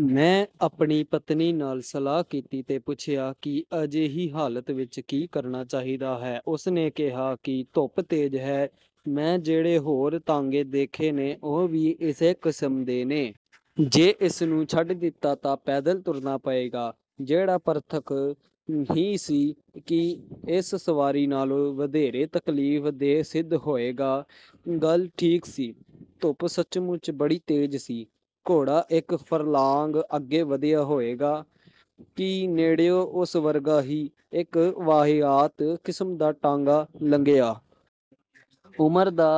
ਮੈਂ ਆਪਣੀ ਪਤਨੀ ਨਾਲ ਸਲਾਹ ਕੀਤੀ ਤੇ ਪੁੱਛਿਆ ਕਿ ਅਜਿਹੀ ਹਾਲਤ ਵਿਚ ਕੀ ਕਰਨਾ ਚਾਹੀਦਾ ਹੈ। ਉਸਨੇ ਕਿਹਾ ਕਿ 'ਧੁੱਪ ਤੇਜ਼ ਹੈ। ਮੈਂ ਜਿਹੜੇ ਹੋਰ ਤਾਂਗੇ ਦੇਖੇ ਨੇ ਉਹ ਵੀ ਇਸੇ ਕਿਸਮ ਦੇ ਨੇ। ਜੇ ਇਸ ਨੂੰ ਛੱਡ ਦਿੱਤਾ ਤਾਂ ਪੈਦਲ ਤੁਰਨਾ ਪਏਗਾ, ਜਿਹੜਾ ਪਰਤੱਖ ਹੀ ਸੀ ਕਿ ਇਸ ਸਵਾਰੀ ਨਾਲੋਂ ਵਧੇਰੇ ਤਕਲੀਫ ਦੇਅ ਸਿੱਧ ਹੋਏਗਾ। ' ਗੱਲ ਠੀਕ ਸੀ। ਧੁੱਪ ਸੱਚਮੁੱਚ ਬੜੀ ਤੇਜ਼ ਸੀ। ਘੋੜਾ ਇਕ ਫਰਲਾਂਗ ਅੱਗੇ ਵਧਿਆ ਹੋਏਗਾ ਕਿ ਨੇੜਿਓਂ ਉਸ ਵਰਗਾ ਹੀ ਇਕ ਵਾਹਿਯਾਤ ਕਿਸਮ ਦਾ ਟਾਂਗਾ ਲੰਘਿਆ। ਉਮਰ ਦਾ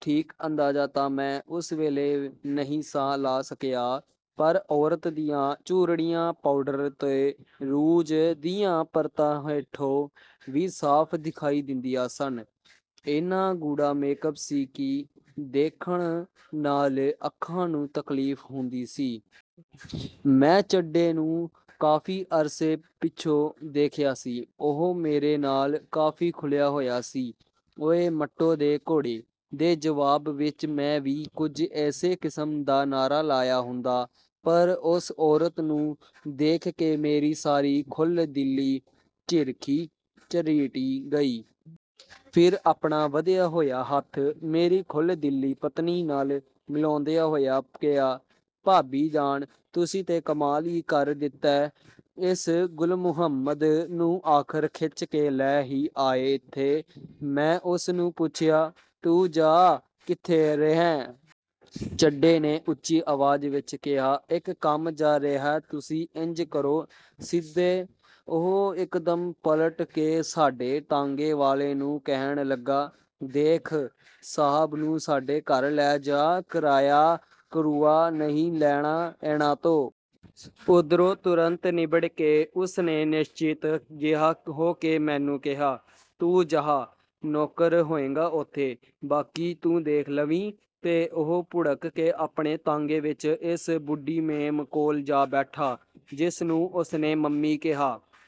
ਠੀਕ ਅੰਦਾਜ਼ਾ ਤਾਂ ਮੈਂ ਉਸ ਵੇਲੇ ਨਹੀਂ ਸਾਂ ਲਾ ਸਕਿਆ, ਪਰ ਔਰਤ ਦੀਆਂ ਝੁਰੜੀਆਂ, ਪਾਊਡਰ ਤੇ ਰੂਜ਼ ਦੀਆਂ ਪਰਤਾਂ ਹੇਠੋਂ ਵੀ ਸਾਫ ਦਿਖਾਈ ਦਿੰਦੀਆਂ ਸਨ। ਏਨਾ ਗੂੜ੍ਹਾ ਮੇਕਅੱਪ ਸੀ ਕਿ ਦੇਖਣ ਨਾਲ ਅੱਖਾਂ ਨੂੰ ਤਕਲੀਫ ਹੁੰਦੀ ਸੀ। ਮੈਂ ਚੱਡੇ ਨੂੰ ਕਾਫੀ ਅਰਸੇ ਪਿੱਛੋਂ ਦੇਖਿਆ ਸੀ। ਉਹ ਮੇਰੇ ਨਾਲ ਕਾਫੀ ਖੁੱਲਿਆ ਹੋਇਆ ਸੀ। 'ਓਇ, ਮੰਟੋ ਦੇ ਘੋੜੇ' ਦੇ ਜਵਾਬ ਵਿਚ ਮੈਂ ਵੀ ਕੁਝ ਇਸੇ ਕਿਸਮ ਦਾ ਨਾਅਰਾ ਲਾਇਆ ਹੁੰਦਾ, ਪਰ ਉਸ ਔਰਤ ਨੂੰ ਦੇਖ ਕੇ ਮੇਰੀ ਸਾਰੀ ਖੁੱਲ੍ਹ-ਦਿਲੀ ਝਿਰਖੀ-ਝਰੀਟੀ ਗਈ। " ਫੇਰ ਆਪਣਾ ਵਧਿਆ ਹੋਇਆ ਹੱਥ ਮੇਰੀ ਖੁੱਲ੍ਹ-ਦਿਲੀ ਪਤਨੀ ਨਾਲ ਮਿਲਾਉਂਦਿਆਂ ਹੋਇਆਂ ਕਿਹਾ, "ਭਾਬੀ ਜਾਨ, ਤੁਸੀਂ ਤੇ ਕਮਾਲ ਈ ਕਰ ਦਿੱਤੈ! ਇਸ ਗੁਲਮੁਹੰਮਦ ਨੂੰ ਆਖ਼ਰ ਖਿੱਚ ਕੇ ਲੈ ਹੀ ਆਏ ਇੱਥੇ! " ਮੈਂ ਉਸਨੂੰ ਪੁੱਛਿਆ, "ਤੂੰ ਜਾ ਕਿੱਥੇ ਰਿਹੈਂ? " ਚੱਡੇ ਨੇ ਉੱਚੀ ਆਵਾਜ਼ ਵਿਚ ਕਿਹਾ, "ਇਕ ਕੰਮ ਜਾ ਰਿਹਾਂ ਤੁਸੀਂ ਇੰਜ ਕਰੋ, ਸਿੱਧੇ " ਉਹ ਇਕਦਮ ਪਲਟ ਕੇ ਸਾਡੇ ਤਾਂਗੇ ਵਾਲੇ ਨੂੰ ਕਹਿਣ ਲੱਗਾ, "ਦੇਖ, ਸਾਹਬ ਨੂੰ ਸਾਡੇ ਘਰ ਲੈ ਜਾਅ ਕਿਰਾਇਆ ਕਰੂਆ ਨਹੀਂ ਲੈਣਾ ਇਹਨਾਂ ਤੋਂ। " ਓਧਰੋਂ ਤੁਰੰਤ ਨਿੱਬੜ ਕੇ ਉਸਨੇ ਨਿਸ਼ਚਿੰਤ ਜਿਹਾ ਹੋ ਕੇ ਮੈਨੂੰ ਕਿਹਾ, "ਤੂੰ ਜਾਹ, ਨੌਕਰ ਹੋਏਗਾ ਉੱਥੇ, ਬਾਕੀ ਤੂੰ ਦੇਖ ਲਵੀਂ। " ਤੇ ਉਹ ਭੁੜਕ ਕੇ ਆਪਣੇ ਤਾਂਗੇ ਵਿਚ ਇਸ ਬੁੱਢੀ ਮੇਮ ਕੋਲ ਜਾ ਬੈਠਾ, ਜਿਸਨੂੰ ਉਸਨੇ ਮੰਮੀ ਕਿਹਾ